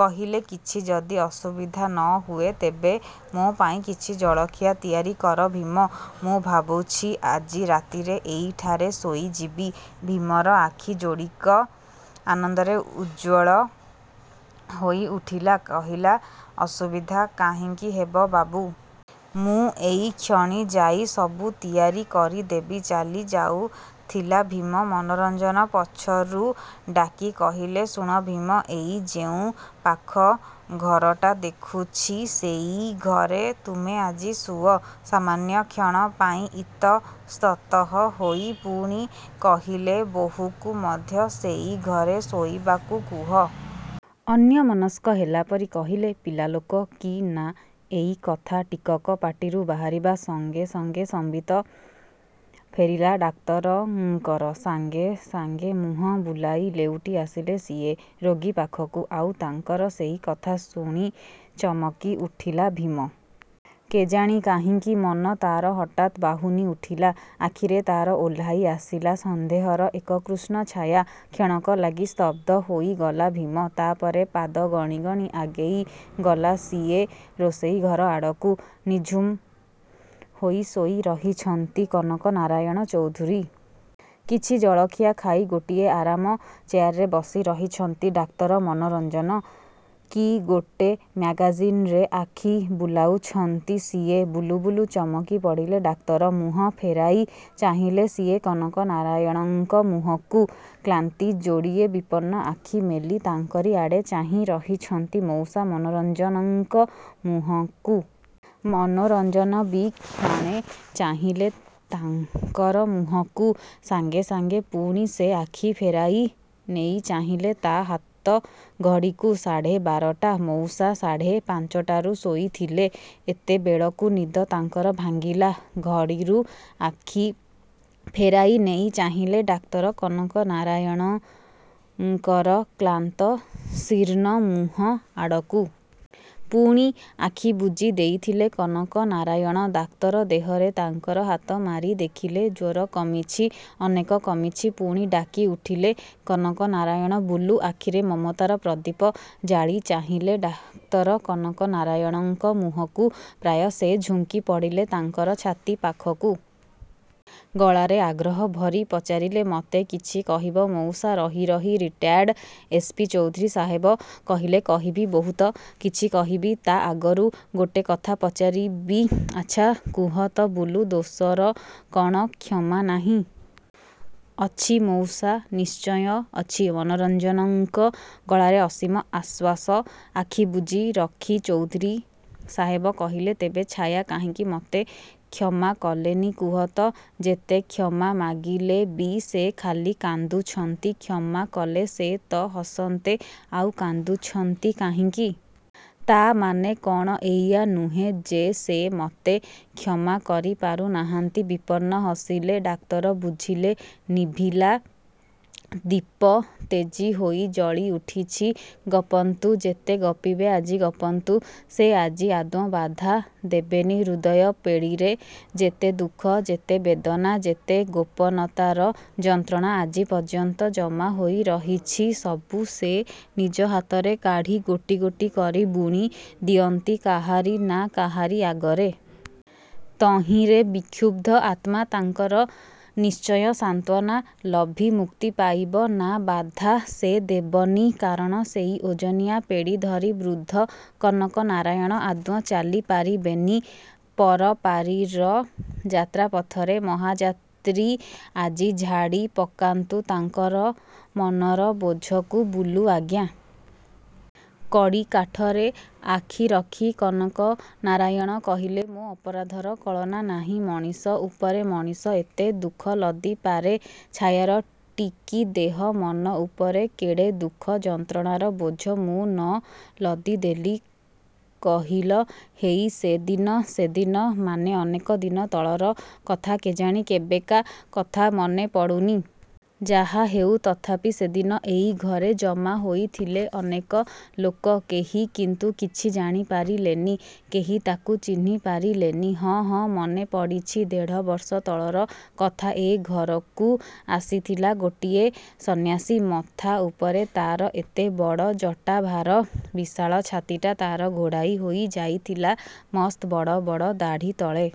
କହିଲେ – କିଛି ଯଦି ଅସୁବିଧା ନ ହୁଏ ତେବେ ମୋ ପାଇଁ କିଛି ଜଳଖିଆ ତିଆରି କର ଭୀମ। ମୁଁ ଭାବୁଛି, ଆଜି ରାତିରେ ଏଇଠାରେ ଶୋଇଯିବି। ଭୀମର ଆଖି ଯୋଡ଼ିକ ଆନନ୍ଦରେ ଉଜ୍ଜ୍ୱଳ ହୋଇ ଉଠିଲା। କହିଲା, ଅସୁବିଧା କାହିଁକି ହେବ ବାବୁ। ମୁଁ ଏଇକ୍ଷଣି ଯାଇ ସବୁ ତିଆରି କରିଦେବି। ଚାଲି ଯାଉଥିଲା ଭୀମ, ମନୋରଞ୍ଜନ ପଛରୁ ଡାକି କହିଲେ ଶୁଣ ଭୀମ! ଏଇ ଯେଉଁ ପାଖ ଘରଟା ଦେଖୁଛି, ସେଇ ଘରେ ତୁମେ ଆଜି ଶୁଅ। ସାମାନ୍ୟ କ୍ଷଣ ପାଇଁ ଇତସ୍ତତଃ ହୋଇ ପୁଣି କହିଲେ ବୋହୂକୁ ମଧ୍ୟ ସେଇ ଘରେ ଶୋଇବାକୁ କୁହ। ଅନ୍ୟମନସ୍କ ହେଲା ପରି କହିଲେ ପିଲାଲୋକ କି ନା। ଏଇ କଥା ଟିକକ ପାଟିରୁ ବାହାରିବା ସଙ୍ଗେ ସଙ୍ଗେ ସମ୍ବିତ ଫେରିଲା ଡାକ୍ତରଙ୍କର। ସାଙ୍ଗେ ସାଙ୍ଗେ ମୁହଁ ବୁଲାଇ ଲେଉଟି ଆସିଲେ ସିଏ ରୋଗୀ ପାଖକୁ। ଆଉ ତାଙ୍କର ସେଇ କଥା ଶୁଣି ଚମକି ଉଠିଲା ଭୀମ। କେଜାଣି କାହିଁକି ମନ ତା'ର ହଠାତ୍ ବାହୁନି ଉଠିଲା। ଆଖିରେ ତା'ର ଓହ୍ଲାଇ ଆସିଲା ସନ୍ଦେହର ଏକ କୃଷ୍ଣଛାୟା। କ୍ଷଣକ ଲାଗି ସ୍ତବ୍ଧ ହୋଇଗଲା ଭୀମ। ତା' ପରେ, ପାଦ ଗଣି ଗଣି ଆଗେଇ ଗଲା ସିଏ ରୋଷେଇ ଘର ଆଡ଼କୁ। ନିଝୁମ ହୋଇ ଶୋଇ ରହିଛନ୍ତି କନକନାରାୟଣ ଚୌଧୁରୀ। କିଛି ଜଳଖିଆ ଖାଇ ଗୋଟିଏ ଆରାମ ଚେୟାରରେ ବସି ରହିଛନ୍ତି ଡାକ୍ତର ମନୋରଞ୍ଜନ। କି ଗୋଟେ ମ୍ୟାଗାଜିନ୍‌ରେ ଆଖି ବୁଲାଉଛନ୍ତି ସିଏ। ବୁଲୁ ବୁଲୁ ଚମକି ପଡ଼ିଲେ ଡାକ୍ତର। ମୁହଁ ଫେରାଇ ଚାହିଁଲେ ସିଏ କନକନାରାୟଣଙ୍କ ମୁହଁକୁ। କ୍ଳାନ୍ତି ଯୋଡ଼ିଏ ବିପନ୍ନ ଆଖି ମେଲି ତାଙ୍କରି ଆଡ଼େ ଚାହିଁ ରହିଛନ୍ତି ମଉସା ମନୋରଞ୍ଜନଙ୍କ ମୁହଁକୁ। ମନୋରଞ୍ଜନ ବି କ୍ଷଣେ ଚାହିଁଲେ ତାଙ୍କର ମୁହଁକୁ। ସାଙ୍ଗେ ସାଙ୍ଗେ ପୁଣି ସେ ଆଖି ଫେରାଇ ନେଇ ଚାହିଁଲେ ହାତ ଘଡ଼ିକୁ। ସାଢ଼େ ବାରଟା। ମଉସା ସାଢ଼େ ପାଞ୍ଚଟାରୁ ଶୋଇଥିଲେ। ଏତେବେଳକୁ ନିଦ ତାଙ୍କର ଭାଙ୍ଗିଲା। ଘଡ଼ିରୁ ଆଖି ଫେରାଇ ନେଇ ଚାହିଁଲେ ଡାକ୍ତର କନକନାରାୟଣଙ୍କର କ୍ଳାନ୍ତ ଶୀର୍ଣ୍ଣ ମୁହଁ ଆଡ଼କୁ। ପୁଣି ଆଖି ବୁଜି ଦେଇଥିଲେ କନକନାରାୟଣ। ଡାକ୍ତର ଦେହରେ ତାଙ୍କର ହାତ ମାରି ଦେଖିଲେ ଜ୍ୱର କମିଛି, ଅନେକ କମିଛି। ପୁଣି ଡାକି ଉଠିଲେ କନକନାରାୟଣ ବୁଲୁ। ଆଖିରେ ମମତାର ପ୍ରଦୀପ ଜାଳି ଚାହିଁଲେ ଡାକ୍ତର କନକନାରାୟଣଙ୍କ ମୁହଁକୁ। ପ୍ରାୟ ସେ ଝୁଙ୍କି ପଡ଼ିଲେ ତାଙ୍କର ଛାତି ପାଖକୁ। ଗଳାରେ ଆଗ୍ରହ ଭରି ପଚାରିଲେ ମତେ କିଛି କହିବ ମଉସା? ରହି ରହି ରିଟାୟାର୍ଡ ଏସ୍. ପି. ଚୌଧୁରୀ ସାହେବ କହିଲେ କହିବି, ବହୁତ କିଛି କହିବି। ତା' ଆଗରୁ ଗୋଟେ କଥା ପଚାରିବି। ଆଚ୍ଛା, କୁହ ତ ବୁଲୁ, ଦୋଷର କ'ଣ କ୍ଷମା ନାହିଁ? ଅଛି ମଉସା, ନିଶ୍ଚୟ ଅଛି। ମନୋରଞ୍ଜନଙ୍କ ଗଳାରେ ଅସୀମ ଆଶ୍ୱାସ। ଆଖି ବୁଜି ରଖି ଚୌଧୁରୀ ସାହେବ କହିଲେ ତେବେ ଛାୟା କାହିଁକି ମତେ କ୍ଷମା କଲେନି କୁହ ତ? ଯେତେ କ୍ଷମା ମାଗିଲେ ବି ସେ ଖାଲି କାନ୍ଦୁଛନ୍ତି। କ୍ଷମା କଲେ ସେ ତ ହସନ୍ତେ ଆଉ କାନ୍ଦୁଛନ୍ତି କାହିଁକି? ତା' ମାନେ କ'ଣ ଏଇଆ ନୁହେଁ ଯେ ସେ ମତେ କ୍ଷମା କରି ପାରୁନାହାନ୍ତି। ବିପନ୍ନ ହସିଲେ ଡାକ୍ତର ବୁଝିଲେ ନିଭିଲା ଦୀପ ତେଜି ହୋଇ ଜଳି ଉଠିଛି। ଗପନ୍ତୁ, ଯେତେ ଗପିବେ ଆଜି ଗପନ୍ତୁ। ସେ ଆଜି ଆଦୌ ବାଧା ଦେବେନି। ହୃଦୟ ପେଡ଼ିରେ ଯେତେ ଦୁଃଖ, ଯେତେ ବେଦନା, ଯେତେ ଗୋପନତାର ଯନ୍ତ୍ରଣା ଆଜି ପର୍ଯ୍ୟନ୍ତ ଜମା ହୋଇ ରହିଛି, ସବୁ ସେ ନିଜ ହାତରେ କାଢ଼ି ଗୋଟି ଗୋଟି କରି ବୁଣି ଦିଅନ୍ତି କାହାରି ନା କାହାରି ଆଗରେ। ତହିଁରେ ବିକ୍ଷୁବ୍ଧ ଆତ୍ମା ତାଙ୍କର ନିଶ୍ଚୟ ସାନ୍ତ୍ୱନା ଲଭି ମୁକ୍ତି ପାଇବ। ନା ବାଧା ସେ ଦେବନି। କାରଣ ସେଇ ଓଜନିଆ ପେଡ଼ି ଧରି ବୃଦ୍ଧ କନକନାରାୟଣ ଆଦୌ ଚାଲି ପାରିବେନି ପରପାରିର ଯାତ୍ରାପଥରେ। ମହାଯାତ୍ରୀ ଆଜି ଝାଡ଼ି ପକାନ୍ତୁ ତାଙ୍କର ମନର ବୋଝକୁ। ବୁଲୁ ଆଜ୍ଞା। କଡ଼ି କାଠରେ ଆଖି ରଖି କନକନାରାୟଣ କହିଲେ ମୋ ଅପରାଧର କଳନା ନାହିଁ। ମଣିଷ ଉପରେ ମଣିଷ ଏତେ ଦୁଃଖ ଲଦି ପାରେ? ଛାୟାର ଟିକି ଦେହ ମନ ଉପରେ କେଡ଼େ ଦୁଃଖ ଯନ୍ତ୍ରଣାର ବୋଝ ମୁଁ ନ ଲଦି ଦେଲି କହିଲ। ହେଇ, ସେଦିନ ସେଦିନ ମାନେ ଅନେକ ଦିନ ତଳର କଥା, କେଜାଣି କେବେକା କଥା ମନେ ପଡ଼ୁନି। ଯାହାହେଉ ତଥାପି ସେଦିନ ଏଇ ଘରେ ଜମା ହୋଇଥିଲେ ଅନେକ ଲୋକ। କେହି କିନ୍ତୁ କିଛି ଜାଣି ପାରିଲେନି। କେହି ତାକୁ ଚିହ୍ନି ପାରିଲେନି। ହଁ, ହଁ, ମନେ ପଡ଼ିଛି। ଦେଢ଼ ବର୍ଷ ତଳର କଥା। ଏ ଘରକୁ ଆସିଥିଲା ଗୋଟିଏ ସନ୍ନ୍ୟାସୀ। ମଥା ଉପରେ ତା'ର ଏତେ ବଡ଼ ଜଟା ଭାର, ବିଶାଳ ଛାତିଟା ତା'ର ଘୋଡ଼ାଇ ହୋଇ ଯାଇଥିଲା ମସ୍ତ ବଡ଼ ବଡ଼ ଦାଢ଼ି ତଳେ।